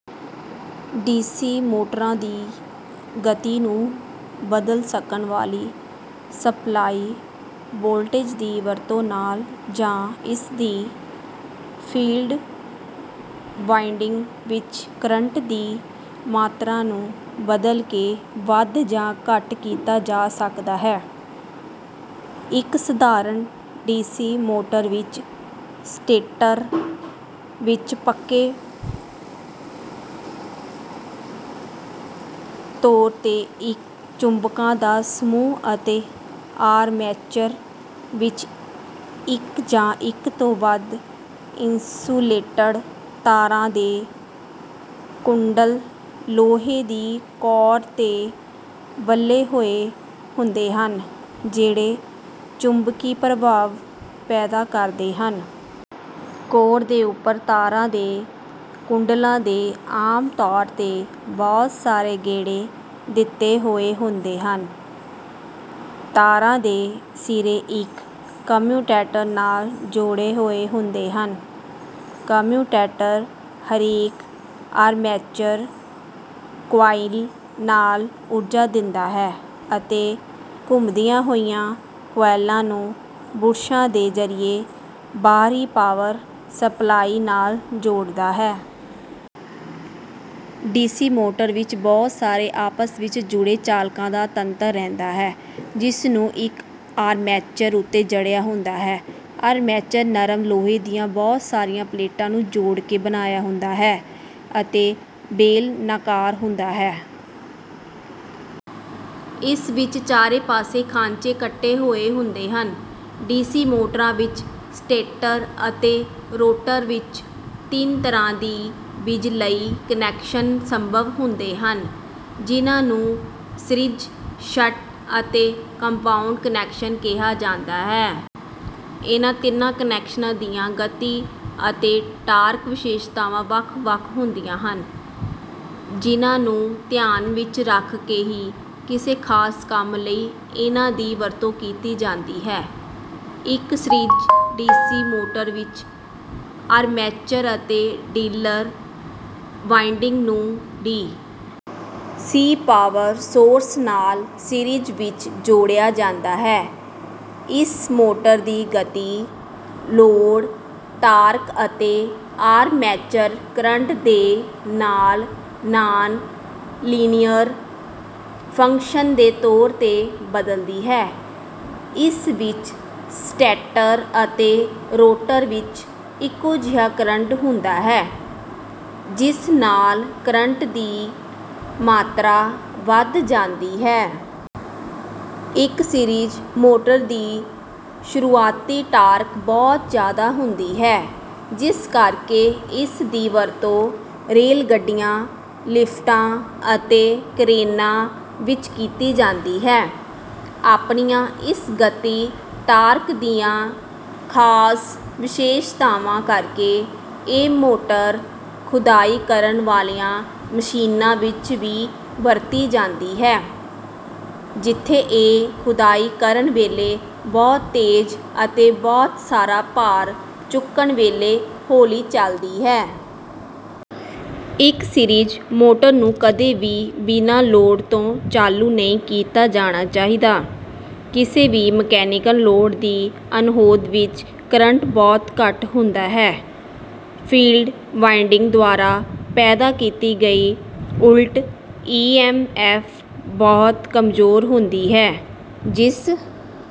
D C ਮੋਟਰਾਂ ਦੀ ਗਤੀ ਨੂੰ ਬਦਲ ਸਕਣ ਵਾਲੀ ਸਪਲਾਈ ਵੋਲਟੇਜ ਦੀ ਵਰਤੋਂ ਨਾਲ ਜਾਂ ਇਸਦੀ ਫੀਲਡ ਵਾਇੰਡਿੰਗ ਵਿੱਚ ਕਰੰਟ ਦੀ ਮਾਤਰਾ ਨੂੰ ਬਦਲ ਕੇ ਵੱਧ ਜਾਂ ਘੱਟ ਕੀਤਾ ਜਾ ਸਕਦਾ ਹੈ। ਇੱਕ ਸਧਾਰਨ ਡੀ ਸੀ ਮੋਟਰ ਵਿੱਚ ਸਟੇਟਰ ਵਿੱਚ ਪੱਕੇ ਤੌਰ ਤੇ ਇੱਕ ਚੁੰਬਕਾਂ ਦਾ ਸਮੂਹ ਅਤੇ ਆਰਮੇਚਰ ਵਿੱਚ ਇੱਕ ਜਾਂ ਇੱਕ ਤੋਂ ਵੱਧ ਇੰਸੂਲੇਟਡ ਤਾਰਾਂ ਦੇ ਕੁੰਡਲ ਲੋਹੇ ਦੀ ਕੋਰ ਤੇ ਵਲੇ ਹੋਏ ਹੁੰਦੇ ਹਨ, ਜਿਹੜੇ ਚੁੰਬਕੀ ਪ੍ਰਭਾਵ ਪੈਦਾ ਕਰਦੇ ਹਨ। ਕੋਰ ਦੇ ਉੱਪਰ ਤਾਰਾਂ ਦੇ ਕੁੰਡਲਾਂ ਦੇ ਆਮ ਤੌਰ ਤੇ ਬਹੁਤ ਸਾਰੇ ਗੇੜੇ ਦਿੱਤੇ ਹੋਏ ਹੁੰਦੇ ਹਨ। ਤਾਰਾਂ ਦੇ ਸਿਰੇ ਇੱਕ ਕਮਿਊਟੇਟਰ ਨਾਲ ਜੋੜੇ ਹੋਏ ਹੁੰਦੇ ਹਨ। ਕਮਿਊਟੇਟਰ ਹਰੇਕ ਆਰਮੇਚਰ ਕੁਆਇਲ ਨੂੰ ਊਰਜਾ ਦਿੰਦਾ ਹੈ ਅਤੇ ਘੁੰਮਦੀਆਂ ਹੋਈਆਂ ਕੁਆਇਲਾਂ ਨੂੰ ਬੁਰਸ਼ਾਂ ਦੇ ਜ਼ਰੀਏ ਬਾਹਰੀ ਪਾਵਰ ਸਪਲਾਈ ਨਾਲ ਜੋੜਦਾ ਹੈ। ਡੀਸੀ ਮੋਟਰ ਵਿੱਚ ਬਹੁਤ ਸਾਰੇ ਆਪਸ ਵਿੱਚ ਜੁੜੇ ਚਾਲਕਾਂ ਦਾ ਤੰਤਰ ਰਹਿੰਦਾ ਹੈ, ਜਿਸਨੂੰ ਇੱਕ ਆਰਮੇਚਰ ਉੱਤੇ ਜੜਿਆ ਹੁੰਦਾ ਹੈ। ਆਰਮੇਚਰ, ਨਰਮ ਲੋਹੇ ਦੀਆਂ ਬਹੁਤ ਸਾਰੀਆਂ ਪਲੇਟਾਂ ਨੂੰ ਜੋੜ ਕੇ ਬਣਾਇਆ ਹੁੰਦਾ ਹੈ ਅਤੇ ਬੇਲਨਾਕਾਰ ਹੁੰਦਾ ਹੈ। ਇਸ ਵਿੱਚ ਚਾਰੇ ਪਾਸੇ ਖਾਂਚੇ ਕੱਟੇ ਹੋਏ ਹੁੰਦੇ ਹਨ। ਡੀ ਸੀ ਮੋਟਰਾਂ ਵਿੱਚ ਸਟੇਟਰ ਅਤੇ ਰੋਟਰ ਵਿੱਚ ਤਿੰਨ ਤਰ੍ਹਾਂ ਦੇ ਬਿਜਲਈ ਕਨੈਕਸ਼ਨ ਸੰਭਵ ਹੁੰਦੇ ਹਨ, ਜਿਹਨਾਂ ਨੂੰ ਸੀਰੀਜ਼, ਸ਼ੰਟ ਅਤੇ ਕੰਪਾਊਂਡ ਕਨੈਕਸ਼ਨ ਕਿਹਾ ਜਾਂਦਾ ਹੈ। ਇਹਨਾਂ ਤਿੰਨਾਂ ਕਨੈਕਸ਼ਨਾਂ ਦੀਆਂ ਗਤੀ ਅਤੇ ਟਾਰਕ ਵਿਸ਼ੇਸ਼ਤਾਵਾਂ ਵੱਖ-ਵੱਖ ਹੁੰਦੀਆਂ ਹਨ, ਜਿਹਨਾਂ ਨੂੰ ਧਿਆਨ ਵਿੱਚ ਰੱਖ ਕੇ ਹੀ ਕਿਸੇ ਖਾਸ ਕੰਮ ਲਈ ਇਹਨਾਂ ਦੀ ਵਰਤੋਂ ਕੀਤੀ ਜਾਂਦੀ ਹੈ। ਇੱਕ ਸੀਰੀਜ਼ ਡੀ ਸੀ ਮੋਟਰ ਵਿੱਚ ਆਰਮੇਚਰ ਅਤੇ ਫੀਲਡ ਵਾਇੰਡਿੰਗ ਨੂੰ ਡੀ. ਸੀ. ਪਾਵਰ ਸੋਰਸ ਨਾਲ ਸੀਰੀਜ਼ ਵਿੱਚ ਜੋੜਿਆ ਜਾਂਦਾ ਹੈ। ਇਸ ਮੋਟਰ ਦੀ ਗਤੀ ਲੋਡ ਟਾਰਕ ਅਤੇ ਆਰਮੇਚਰ ਕਰੰਟ ਦੇ ਨਾਲ ਨਾਨ-ਲੀਨੀਅਰ ਫੰਕਸ਼ਨ ਦੇ ਤੌਰ ਤੇ ਬਦਲਦੀ ਹੈ। ਇਸ ਵਿੱਚ ਸਟੇਟਰ ਅਤੇ ਰੋਟਰ ਵਿੱਚ ਇੱਕੋ ਜਿਹਾ ਕਰੰਟ ਹੁੰਦਾ ਹੈ ਜਿਸ ਨਾਲ ਕਰੰਟ ਦੀ ਮਾਤਰਾ ਵਧ ਜਾਂਦੀ ਹੈ। ਇੱਕ ਸੀਰੀਜ਼ ਮੋਟਰ ਦੀ ਸ਼ੁਰੂਆਤੀ ਟਾਰਕ ਬਹੁਤ ਜ਼ਿਆਦਾ ਹੁੰਦੀ ਹੈ ਜਿਸ ਕਰਕੇ ਇਸਦੀ ਵਰਤੋਂ ਰੇਲਗੱਡੀਆਂ, ਲਿਫਟਾਂ ਅਤੇ ਕਰੇਨਾਂ ਵਿੱਚ ਕੀਤੀ ਜਾਂਦੀ ਹੈ। ਆਪਣੀਆਂ ਇਸ ਗਤੀ-ਟਾਰਕ ਦੀਆਂ ਖਾਸ ਵਿਸ਼ੇਸ਼ਤਾਵਾਂ ਕਰਕੇ ਇਹ ਮੋਟਰ ਖੁਦਾਈ ਕਰਨ ਵਾਲੀਆਂ ਮਸ਼ੀਨਾਂ ਵਿੱਚ ਵੀ ਵਰਤੀ ਜਾਂਦੀ ਹੈ ਜਿੱਥੇ ਇਹ ਖੁਦਾਈ ਕਰਨ ਵੇਲੇ ਬਹੁਤ ਤੇਜ਼ ਅਤੇ ਬਹੁਤ ਸਾਰਾ ਭਾਰ ਚੁੱਕਣ ਵੇਲੇ ਹੌਲੀ ਚੱਲਦੀ ਹੈ। ਇੱਕ ਸੀਰੀਜ਼ ਮੋਟਰ ਨੂੰ ਕਦੇ ਵੀ ਬਿਨ੍ਹਾਂ ਲੋਡ ਤੋਂ ਚਾਲੂ ਨਹੀਂ ਕੀਤਾ ਜਾਣਾ ਚਾਹੀਦਾ। ਕਿਸੇ ਵੀ ਮਕੈਨੀਕਲ ਲੋਡ ਦੀ ਅਣਹੋਂਦ ਵਿੱਚ ਕਰੰਟ ਬਹੁਤ ਘੱਟ ਹੁੰਦਾ ਹੈ, ਫੀਲਡ ਵਾਇੰਡਿੰਗ ਦੁਆਰਾ ਪੈਦਾ ਕੀਤੀ ਗਈ ਉਲਟ-ਈ ਐਮ ਐਫ ਬਹੁਤ ਕਮਜ਼ੋਰ ਹੁੰਦੀ ਹੈ, ਜਿਸ...